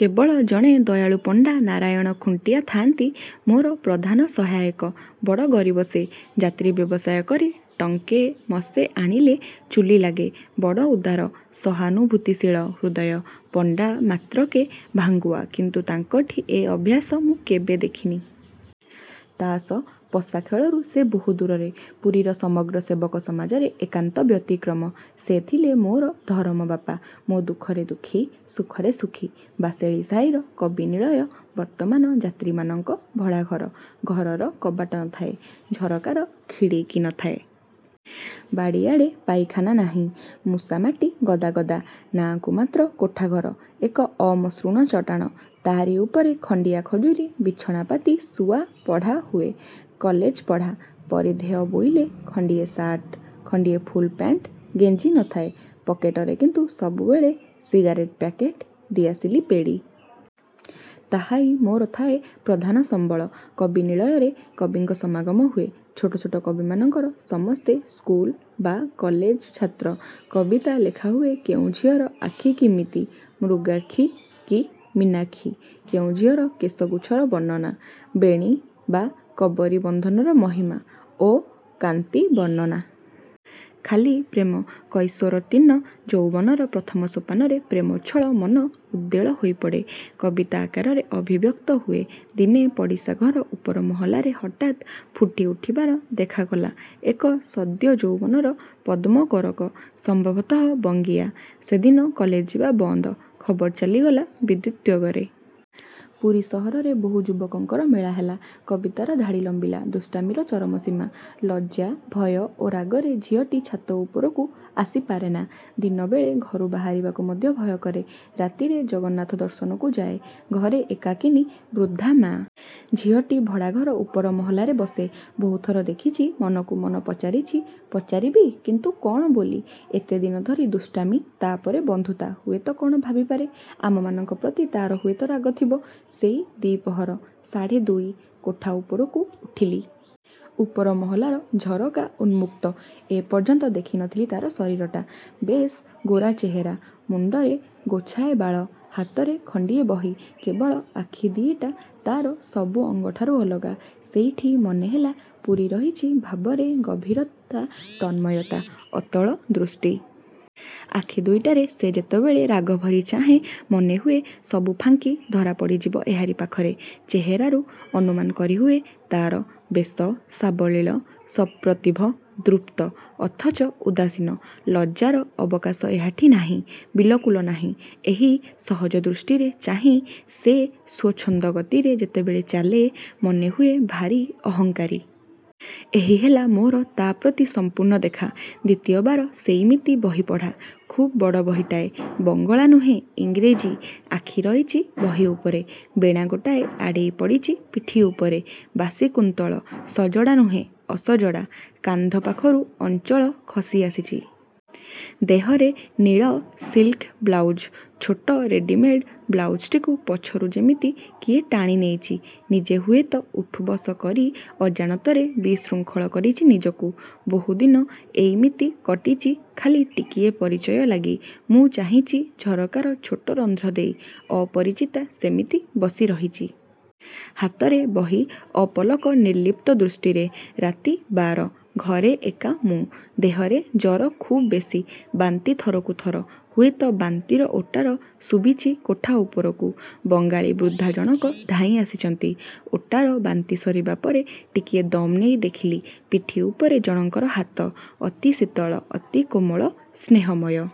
କେବଳ ଜଣେ ଦୟାଳୁ ପଣ୍ଡା ନାରାୟଣ ଖୁଣ୍ଟିଆ ଥାଆନ୍ତି ମୋର ପ୍ରଧାନ ସହାୟକ। ବଡ଼ ଗରିବ ସେ। ଯାତ୍ରୀ ବ୍ୟବସାୟ କରି ଟଙ୍କେମସେ ଆଣିଲେ ଚୁଲୀ ଲାଗେ। ବଡ଼ ଉଦାର, ସହାନୁଭୂତିଶୀଳ ହୃଦୟ। ପଣ୍ଡା ମାତ୍ରକେ ଭାଙ୍ଗୁଆ; କିନ୍ତୁ ତାଙ୍କଠି ଏ ଅଭ୍ୟାସ ମୁଁ କେବେ ଦେଖିନି। ତାସ, ପଶା ଖେଳରୁ ସେ ବହୁ ଦୂରରେ। ପୁରୀର ସମଗ୍ର ସେବକ-ସମାଜରେ ଏକାନ୍ତ ବ୍ୟତିକ୍ରମ। ସେ ଥିଲେ ମୋର ଧରମ ବାପା। ମୋ ଦୁଃଖରେ ଦୁଃଖୀ, ସୁଖରେ ସୁଖୀ। ବାଶେଳୀସାହିର ''କବିନିଳୟ'' ବର୍ତ୍ତମାନ ଯାତ୍ରୀମାନଙ୍କ ଭଡ଼ାଘର। ଘରର କବାଟ ନ ଥାଏ, ଝରକାର ଖିଡ଼ିକି ନ ଥାଏ। ବାଡ଼ିଆଡ଼େ ପାଇଖାନା ନାହିଁ, ମୂଷାମାଟି ଗଦା ଗଦା। ନାଁକୁ ମାତ୍ର କୋଠାଘର, ଏକ ଅମସୃଣ ଚଟାଣ, ତାରି ଉପରେ ଖଣ୍ଡିଆ ଖଜୁରୀ ବିଛଣା ପାତି ଶୁଆ ପଢ଼ା ହୁଏ। କଲେଜ ପଢ଼ା। ପରିଧେୟ ବୋଇଲେ ଖଣ୍ଡିଏ ସାର୍ଟ, ଖଣ୍ଡିଏ ଫୁଲପ୍ୟାଣ୍ଟ ଗେଞ୍ଜି ନ ଥାଏ। ପକେଟରେ କିନ୍ତୁ ସବୁବେଳେ ସିଗାରେଟ୍ ପ୍ୟାକେଟ, ଦିଆସିଲି ପେଡ଼ି। ତାହା ହିଁ ମୋର ଥାଏ ପ୍ରଧାନ ସମ୍ବଳ। ''କବିନିଳୟ''ରେ କବିଙ୍କ ସମାଗମ ହୁଏ–ଛୋଟ ଛୋଟ କବିମାନଙ୍କର, ସମସ୍ତେ ସ୍କୁଲ ବା କଲେଜ ଛାତ୍ର। କବିତା ଲେଖାହୁଏ କେଉଁ ଝିଅର ଆଖି କିମିତି, ମୃଗାକ୍ଷୀ କି ମୀନାକ୍ଷୀ। କେଉଁ ଝିଅର କେଶଗୁଚ୍ଛର ବର୍ଣ୍ଣନା, ବେଣୀ ବା କବରୀ ବନ୍ଧନର ମହିମା ଓ କାନ୍ତି ବର୍ଣ୍ଣନା। ଖାଲି ପ୍ରେମ। କୈଶୋରୋତ୍ତୀର୍ଣ୍ଣ ଯୌବନର ପ୍ରଥମ ସୋପାନରେ ପ୍ରେମୋଚ୍ଛଳ ମନ ଉଦ୍ବେଳ ହୋଇପଡ଼େ। କବିତା ଆକାରରେ ଅଭିବ୍ୟକ୍ତ ହୁଏ। ଦିନେ ପଡ଼ିଶାଘର ଉପର ମହଲାରେ ହଠାତ୍ ଫୁଟିଉଠିବାର ଦେଖାଗଲା ଏକ ସଦ୍ୟ ଯୌବନର ପଦ୍ମକୋରକ। ସମ୍ଭବତଃ ବଙ୍ଗୀୟା। ସେଦିନ କଲେଜ ଯିବା ବନ୍ଦ! ଖବର ଚାଲିଗଲା ବିଦ୍ୟୁତ୍ବେଗରେ। ପୁରୀ ସହରର ବହୁ ଯୁବକଙ୍କର ମେଳା ହେଲା। କବିତାର ଧାଡ଼ି ଲମ୍ବିଲା। ଦୁଷ୍ଟାମିର ଚରମ ସୀମା। ଲଜ୍ଜା ଭୟ ଓ ରାଗରେ ଝିଅଟି ଛାତ ଉପରକୁ ଆସିପାରେନା। ଦିନବେଳେ ଘରୁ ବାହାରିବାକୁ ମଧ୍ୟ ଭୟ କରେ। ରାତିରେ ଜଗନ୍ନାଥ ଦର୍ଶନକୁ ଯାଏ। ଘରେ ଏକାକିନୀ ବୃଦ୍ଧା ମାଆ-। ଝିଅଟି ଭଡ଼ାଘର ଉପର ମହଲାରେ ବସେ। ବହୁଥର ଦେଖିଚି, ମନକୁ ମନ ପଚାରିଚି, ପଚାରିବି-? କିନ୍ତୁ କ'ଣ ବୋଲି? ଏତେଦିନ ଧରି ଦୁଷ୍ଟାମି, ତାପରେ ବନ୍ଧୁତା? ହୁଏତ କ'ଣ ଭାବିପାରେ-! ଆମମାନଙ୍କ ପ୍ରତି ତାର ହୁଏତ ରାଗ ଥିବ। ସେହି ଦି'ପହର। ସାଢ଼େ ଦୁଇ। କୋଠା ଉପରକୁ ଉଠିଲି। ଉପର ମହଲାର ଝରକା ଉନ୍ମୁକ୍ତ। ଏପର୍ଯ୍ୟନ୍ତ ଦେଖି ନ ଥିଲି ତାର ଶରୀରଟା। ବେଶ୍ ଗୋରା ଚେହେରା। ମୁଣ୍ଡରେ ଗୋଛାଏ ବାଳ, ହାତରେ ଖଣ୍ଡିଏ ବହି, କେବଳ ଆଖି ଦିଇଟା ତାର ସବୁ ଅଙ୍ଗଠାରୁ ଅଲଗା। ସେଇଠି ମନେହେଲା ପୂରି ରହିଛି ଭାବରେ ଗଭୀରତା ତନ୍ମୟତା, ଅତଳଦୃଷ୍ଟି। ଆଖି ଦୁଇଟାରେ ସେ ଯେତେବେଳେ ରାଗ ଭରି ଚାହେଁ, ମନେହୁଏ ସବୁ ଫାଙ୍କି ଧରା ପଡ଼ିଯିବ ଏହାରି ପାଖରେ। ଚେହେରାରୁ ଅନୁମାନ କରିହୁଏ ତାର। ବେଶ ସାବଲୀଳ, ସପ୍ରତିଭ, ଦୃପ୍ତ। ଅଥଚ ଉଦାସୀନ। ଲଜ୍ଜାର ଅବକାଶ ଏହାଠି ନାହିଁ, ବିଲକୁଲ ନାହିଁ। ଏହି ସହଜଦୃଷ୍ଟିରେ ଚାହିଁ ସେ ସ୍ୱଚ୍ଛନ୍ଦଗତିରେ ଯେତେବେଳେ ଚାଲେ, ମନେହୁଏ ଭାରି ଅହଙ୍କାରୀ। ଏହି ହେଲା ମୋର ତା ପ୍ରତି ସମ୍ପୂର୍ଣ୍ଣ ଦେଖା। ଦ୍ୱିତୀୟ ବାର ସେଇମିତି ବହିପଢ଼ା। ଖୁବ୍ ବଡ଼ ବହିଟାଏ। ବଙ୍ଗଳା ନୁହେଁ, ଇଂରେଜୀ। ଆଖି ରହିଚି ବହି ଉପରେ। ବେଣା ଗୋଟାଏ ଆଡ଼େଇ ପଡ଼ିଚି ପିଠ ଉପରେ। ବାସିକୁନ୍ତଳ, ସଜଡ଼ା ନୁହେଁ, ଅସଜଡ଼ା। କାନ୍ଧ ପାଖରୁ ଅଞ୍ଚଳ ଖସିଆସିଚି। ଦେହରେ ନୀଳ ସିଲ୍କ ବ୍ଳାଉଜ। ଛୋଟ ରେଡ଼ିମେଡ଼ ବ୍ଳାଉଜଟିକୁ ପଛରୁ ଯେମିତି କିଏ ଟାଣିନେଇଚି। ନିଜେ ହୁଏତ ଉଠୁବସ କରି ଅଜାଣତରେ ବିଶୃଙ୍ଖଳ କରିଚି ନିଜକୁ। ବହୁଦିନ ଏଇମିତି କଟିଚି ଖାଲି ଟିକିଏ ପରିଚୟ ଲାଗି। ମୁଁ ଚାହିଁଚି ଝରକାର ଛୋଟ ରନ୍ଧ୍ର ଦେଇ। ଅପରିଚିତା ସେମିତି ବସିରହିଚି। ହାତରେ ବହି, ଅପଲକ ନିର୍ଲିପ୍ତ ଦୃଷ୍ଟିରେ। ରାତି ବାର। ଘରେ ଏକା ମୁଁ, ଦେହରେ ଜର ଖୁବ୍ ବେଶୀ। ବାନ୍ତି ଥରକୁ ଥର, ହୁଏତ ବାନ୍ତିର ଓଟାର ଶୁଭିଚି କୋଠା ଉପରକୁ। ବଙ୍ଗାଳୀ ବୃଦ୍ଧା ଜଣକ ଧାଇଁ ଆସିଚନ୍ତି। ଓଟାର ବାନ୍ତି ସରିବା ପରେ ଟିକିଏ ଦମ୍ ନେଇ ଦେଖିଲି, ପିଠି ଉପରେ ଜଣଙ୍କର ହାତ–ଅତି ଶୀତଳ, ଅତି କୋମଳ, ସ୍ନେହମୟ।